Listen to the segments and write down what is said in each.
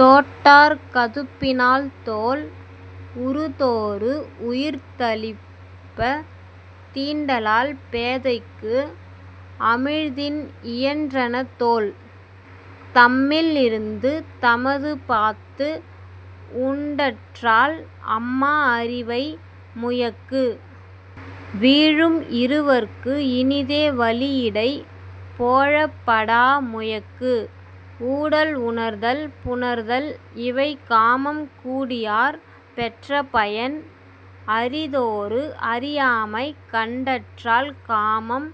தோட் டார் கதுப்பினாள் தோள். உறுதோறு உயிர்தளிர்ப்பத் தீண்டலால் பேதைக்கு அமிழ்தின் இயன்றன தோள். தம்மில் இருந்து தமதுபாத்து உண்டற்றால் அம்மா அரிவை முயக்கு. வீழும் இருவர்க்கு இனிதே வளியிடை போழப் படாஅ முயக்கு. ஊடல் உணர்தல் புணர்தல் இவைகாமம் கூடியார் பெற்ற பயன். அறிதோறு அறியாமை கண்டற்றால் காமம்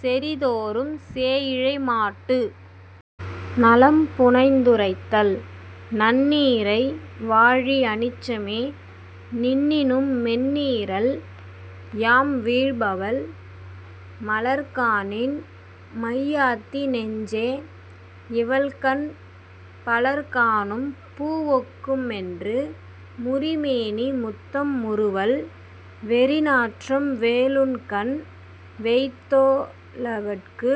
செறிதோறும் சேயிழை மாட்டு.. நலம்புனைந்துரைத்தல் நன்னீரை வாழி அனிச்சமே நின்னினும் மென்னீரள் யாம்வீழ் பவள். மலர்காணின் மையாத்தி நெஞ்சே இவள்கண் பலர்காணும் பூவொக்கும் என்று. முறிமேனி முத்தம் முறுவல் வெறிநாற்றம் வேலுண்கண் வேய்த்தோ ளவட்கு.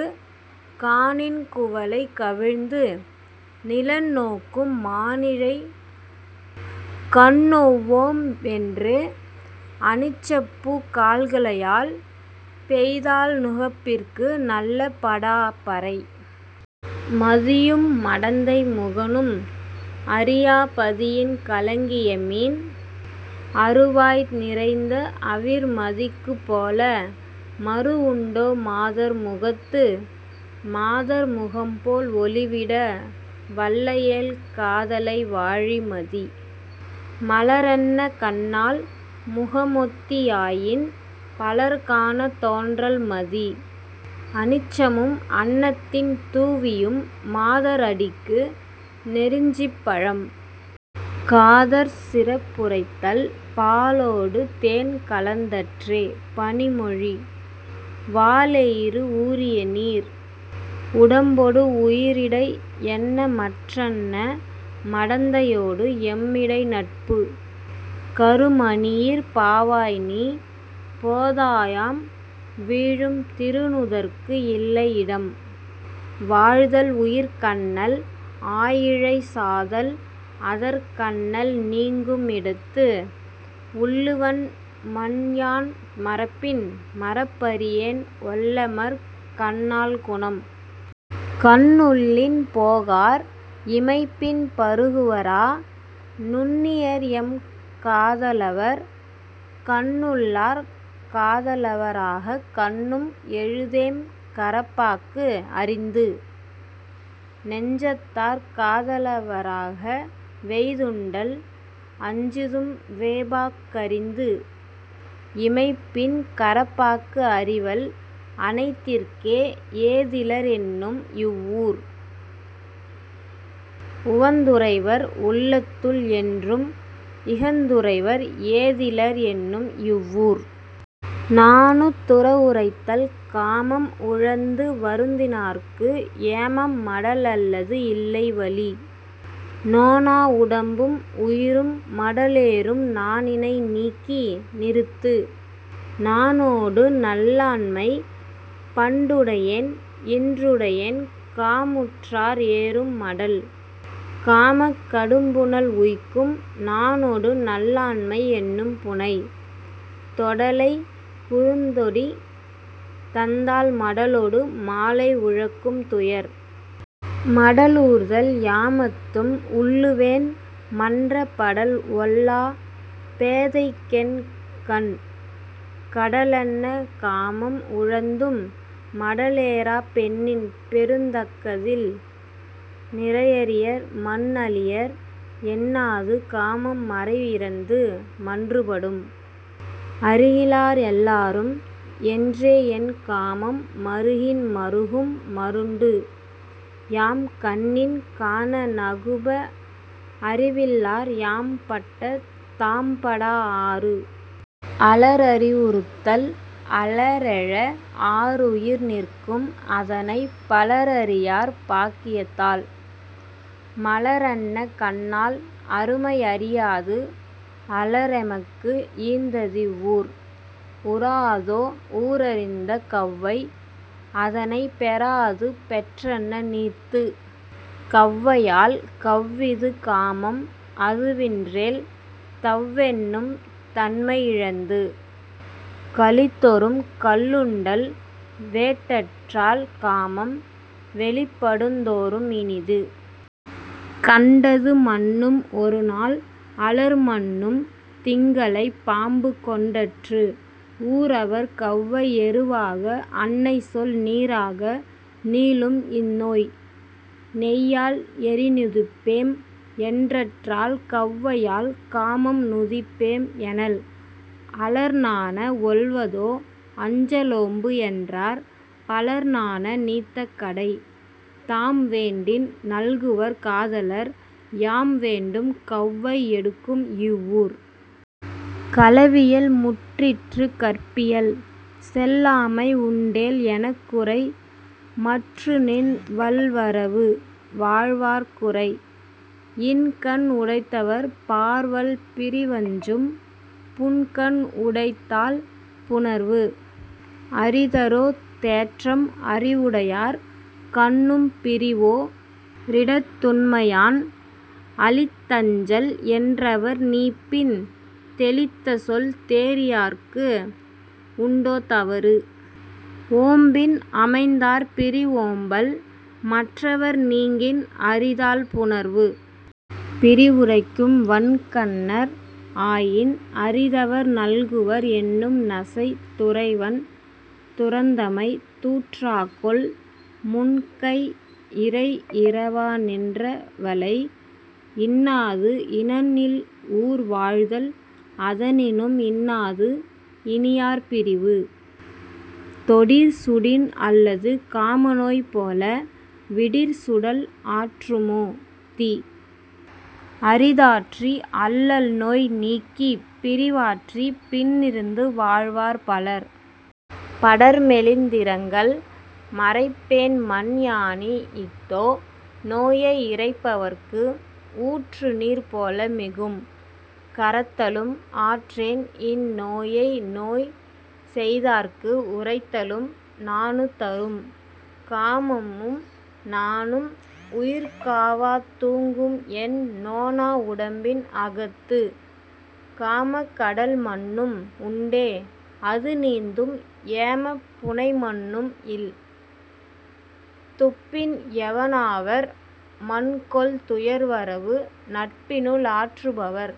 காணின் குவளை கவிழ்ந்து நிலன்நோக்கும் மாணிழை கண்ணொவ்வேம் என்று. அனிச்சப்பூக் கால்களையாள் பெய்தாள் நுகப்பிற்கு நல்ல படாஅ பறை. மதியும் மடந்தை முகனும் அறியா பதியின் கலங்கிய மீன். அறுவாய் நிறைந்த அவிர்மதிக்குப் போல மறுவுண்டோ மாதர் முகத்து. மாதர் முகம்போல் ஒளிவிட வல்லையேல் காதலை வாழி மதி. மலரன்ன கண்ணாள் முகமொத்தி யாயின் பலர்காணத் தோன்றல் மதி. அனிச்சமும் அன்னத்தின் தூவியும் மாதர் அடிக்கு நெருஞ்சிப் பழம்.. காதற்சிறப்புரைத்தல் பாலொடு தேன்கலந் தற்றே பணிமொழி வாலெயிறு ஊறிய நீர். உடம்பொடு உயிரிடை என்னமற் றன்ன மடந்தையொடு எம்மிடை நட்பு. கருமணியிற் பாவாய்நீ போதாயாம் வீழும் திருநுதற்கு இல்லை இடம். வாழ்தல் உயிர்க்கன்னள் ஆயிழை சாதல் அதற்கன்னள் நீங்கும் இடத்து. உள்ளுவன் மன்யான் மறப்பின் மறப்பறியேன் ஒள்ளமர்க் கண்ணாள் குணம். கண்ணுள்ளின் போகார் இமைப்பின் பருகுவரா நுண்ணியர்எம் காத லவர். கண்ணுள்ளார் காத லவராகக் கண்ணும் எழுதேம் கரப்பாக்கு அறிந்து. நெஞ்சத்தார் காத லவராக வெய்துண்டல் அஞ்சுதும் வேபாக் கறிந்து. இமைப்பின் கரப்பாக்கு அறிவல் அனைத்திற்கே ஏதிலர் என்னும் இவ் வூர். உவந்துறைவர் உள்ளத்துள் என்றும் இகந்துறைவர் ஏதிலர் என்னும் இவ் வூர்.. நாணுத்துறவுரைத்தல் காமம் உழந்து வருந்தினார்க்கு ஏமம் மடலல்லது இல்லை வலி. நோனா உடம்பும் உயிரும் மடலேறும் நாணினை நீக்கி நிறுத்து. நாணொடு நல்லாண்மை பண்டுடையேன் இன்றுடையேன் காமுற்றார் ஏறும் மடல். காமக் கடும்புனல் உய்க்கும் நாணொடு நல்லாண்மை என்னும் புணை. தொடலைக் குறுந்தொடி தந்தாள் மடலொடு மாலை உழக்கும் துயர். மடலூர்தல் யாமத்தும் உள்ளுவேன் மன்ற படல்ஒல்லா பேதைக்கென் கண். கடலன்ன காமம் உழந்தும் மடலேறாப் பெண்ணின் பெருந்தக்க தில். நிறையரியர் மன்அளியர் என்னாது காமம் மறையிறந்து மன்று படும். அறிகிலார் எல்லாரும் என்றேஎன் காமம் மறுகின் மறுகும் மருண்டு. யாம்கண்ணின் காண நகுப அறிவில்லார் யாம்பட்ட தாம்படா ஆறு.. அலரறிவுறுத்தல் அலரெழ ஆருயிர் நிற்கும் அதனைப் பலரறியார் பாக்கியத் தால். மலரன்ன கண்ணாள் அருமை அறியாது அலரெமக்கு ஈந்ததிவ் வூர். உறாஅதோ ஊரறிந்த கெளவை அதனைப் பெறாஅது பெற்றன்ன நீர்த்து. கவ்வையால் கவ்விது காமம் அதுவின்றேல் தவ்வென்னும் தன்மை இழந்து. களித்தொறும் கள்ளுண்டல் வேட்டற்றால் காமம் வெளிப்படுந் தோறும் இனிது. கண்டது மன்னும் ஒருநாள் அலர்மன்னும் திங்களைப் பாம்புகொண் டற்று. ஊரவர் கெளவை எருவாக அன்னைசொல் நீராக நீளும்இந் நோய். நெய்யால் எரிநுதுப்பேம் என்றற்றால் கெளவையால் காமம் நுதுப்பேம் எனல். அலர்நாண ஒல்வதோ அஞ்சலோம்பு என்றார் பலர்நாண நீத்தக் கடை. தாம்வேண்டின் நல்குவர் காதலர் யாம்வேண்டும் கெளவை எடுக்கும்இவ் வூர். களவியல் முற்றிற்று கற்பியல் செல்லாமை உண்டேல் எனக்குரை மற்றுநின் வல்வரவு வாழ்வார்க் குரை. இன்கண் உடைத்தவர் பார்வல் பிரிவஞ்சும் புன்கண் உடைத்தால் புணர்வு. அரிதரோ தேற்றம் அறிவுடையார் கண்ணும் பிரிவோ ரிடத்துண்மை யான். அளித்தஞ்சல் என்றவர் நீப்பின் தெளித்தசொல் தேறியார்க்கு உண்டோ தவறு. ஓம்பின் அமைந்தார் பிரிவோம்பல் மற்றவர் நீங்கின் அரிதால் புணர்வு. பிரிவுரைக்கும் வன்கண்ணர் ஆயின் அரிதவர் நல்குவர் என்னும் நசை. துறைவன் துறந்தமை தூற்றாகொல் முன்கை இறைஇறவா நின்ற வளை. இன்னாது இனன்இல்ஊர் வாழ்தல் அதனினும் இன்னாது இனியார்ப் பிரிவு. தொடிற்சுடின் அல்லது காமநோய் போல விடிற்சுடல் ஆற்றுமோ தீ. அரிதாற்றி அல்லல்நோய் நீக்கிப் பிரிவாற்றிப் பின்இருந்து வாழ்வார் பலர்.. படர்மெலிந்திரங்கல் மறைப்பேன்மன் யானிஃதோ நோயை இறைப்பவர்க்கு ஊற்றுநீர் போல மிகும். கரத்தலும் ஆற்றேன்இந் நோயைநோய் செய்தார்க்கு உரைத்தலும் நாணுத் தரும். காமமும் நாணும் உயிர்காவாத் தூங்கும்என் நோனா உடம்பின் அகத்து. காமக் கடல்மன்னும் உண்டே அதுநீந்தும் ஏமப் புணைமன்னும் இல். துப்பின் எவனாவர் மன்கொல் துயர்வரவு நட்பினுள் ஆற்று பவர்.